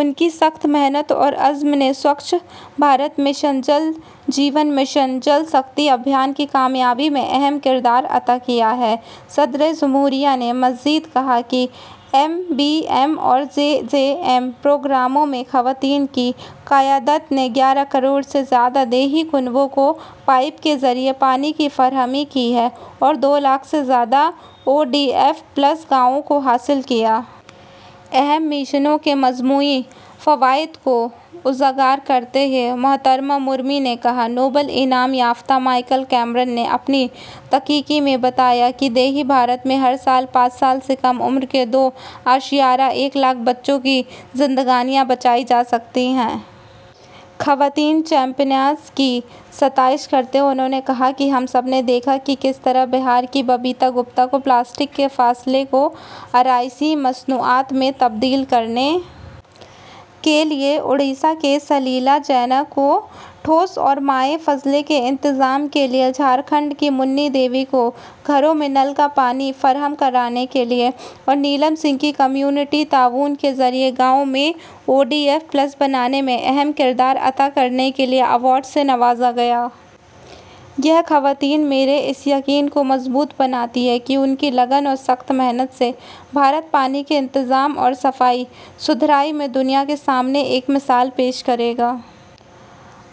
ان کی سخت محنت اور عزم نے سوچھ بھارت مشن، جل جیون مشن اور جل شکتی ابھیان کی کامیابی میں اہم کردار ادا کیا ہے۔ صدر جمہوریہ نے مزید کہا کہ ایس بی ایم اور جے جے ایم پروگراموں میں خواتین کی قیادت نے گیارہ کروڑ سے زیادہ دیہی کنبوں کو پائپ کے ذریعے پانی کی فراہمی کی ہے اور دو لاکھ سے زیادہ او ڈی ایف پلس گاؤوں کو حاصل کیا ہے۔ اہم مشنوں کے مجموعی فوائد کو اجاگر کرتے ہوئے محترمہ مرمو نے کہا، ''نوبل انعام یافتہ مائیکل کریمر نے اپنی تحقیق میں بتایا ہے کہ دیہی بھارت میں ہر سال پانچ سال سے کم عمر کے دو اعشاریہ ایک لاکھ بچوں کی زندگیاں بچائی جا سکتی ہیں۔ '' خواتین چیمپیئنز کی ستائش کرتے ہوئے انھوں نے کہا کہ ہم سب نے دیکھا ہے کہ کس طرح بہار کی ببیتا گپتا کو پلاسٹک کے فضلے کو آرائشی مصنوعات میں تبدیل کرنے کے لیے، اوڈیشہ کی سلیلا جینا کو ٹھوس اور مائع فضلہ کے انتظام کے لیے، جھارکھنڈ کی منی دیوی کو گھروں میں نل کا پانی فراہم کرنے کے لیے، اور نیلم سنگھ کو کمیونٹی تعاون کے ذریعہ گاؤں کو او ڈی ایف پلس بنانے میں اہم کردار ادا کرنے کے لیے ایوارڈ سے نوازا گیا۔ یہ خواتین میرے اس یقین کو مضبوط بناتی ہیں کہ ان کی لگن اور سخت محنت سے بھارت پانی کے انتظام اور صفائی ستھرائی میں دنیا کے سامنے ایک مثال پیش کرے گا۔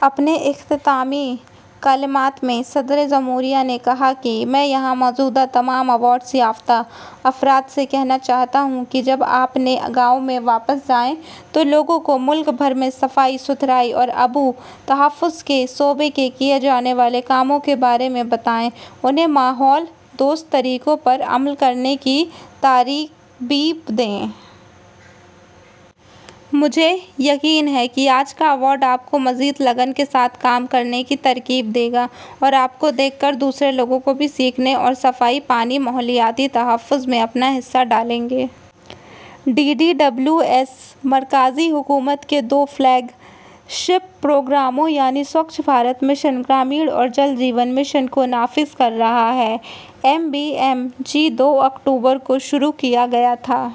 اپنے اختتامی کلمات میں صدر جمہوریہ نے کہا کہ میں یہاں موجود تمام ایوارڈ یافتہ افراد سے کہنا چاہتی ہوں کہ جب آپ اپنے گاؤوں میں واپس جائیں تو لوگوں کو ملک بھر میں صفائی ستھرائی اور آبی تحفظ کے شعبے میں کیے جانے والے کاموں کے بارے میں بتائیں اور انھیں ماحول دوست طریقوں پر عمل کرنے کی ترغیب دیں۔ مجھے یقین ہے کہ آج کا ایوارڈ آپ کو مزید لگن کے ساتھ کام کرنے کی ترغیب دے گا اور آپ کو دیکھ کر دوسرے لوگ بھی سیکھیں گے اور صفائی، پانی اور ماحولیاتی تحفظ میں اپنا حصہ ڈالیں گے۔ ڈی ڈی ڈبلیو ایس مرکزی حکومت کے دو فلیگ شپ پروگراموں یعنی سوچھ بھارت مشن گرامین اور جل جیون مشن کو نافذ کر رہا ہے۔ ایس بی ایم-جی دو اکتوبر کو شروع کیا گیا تھا،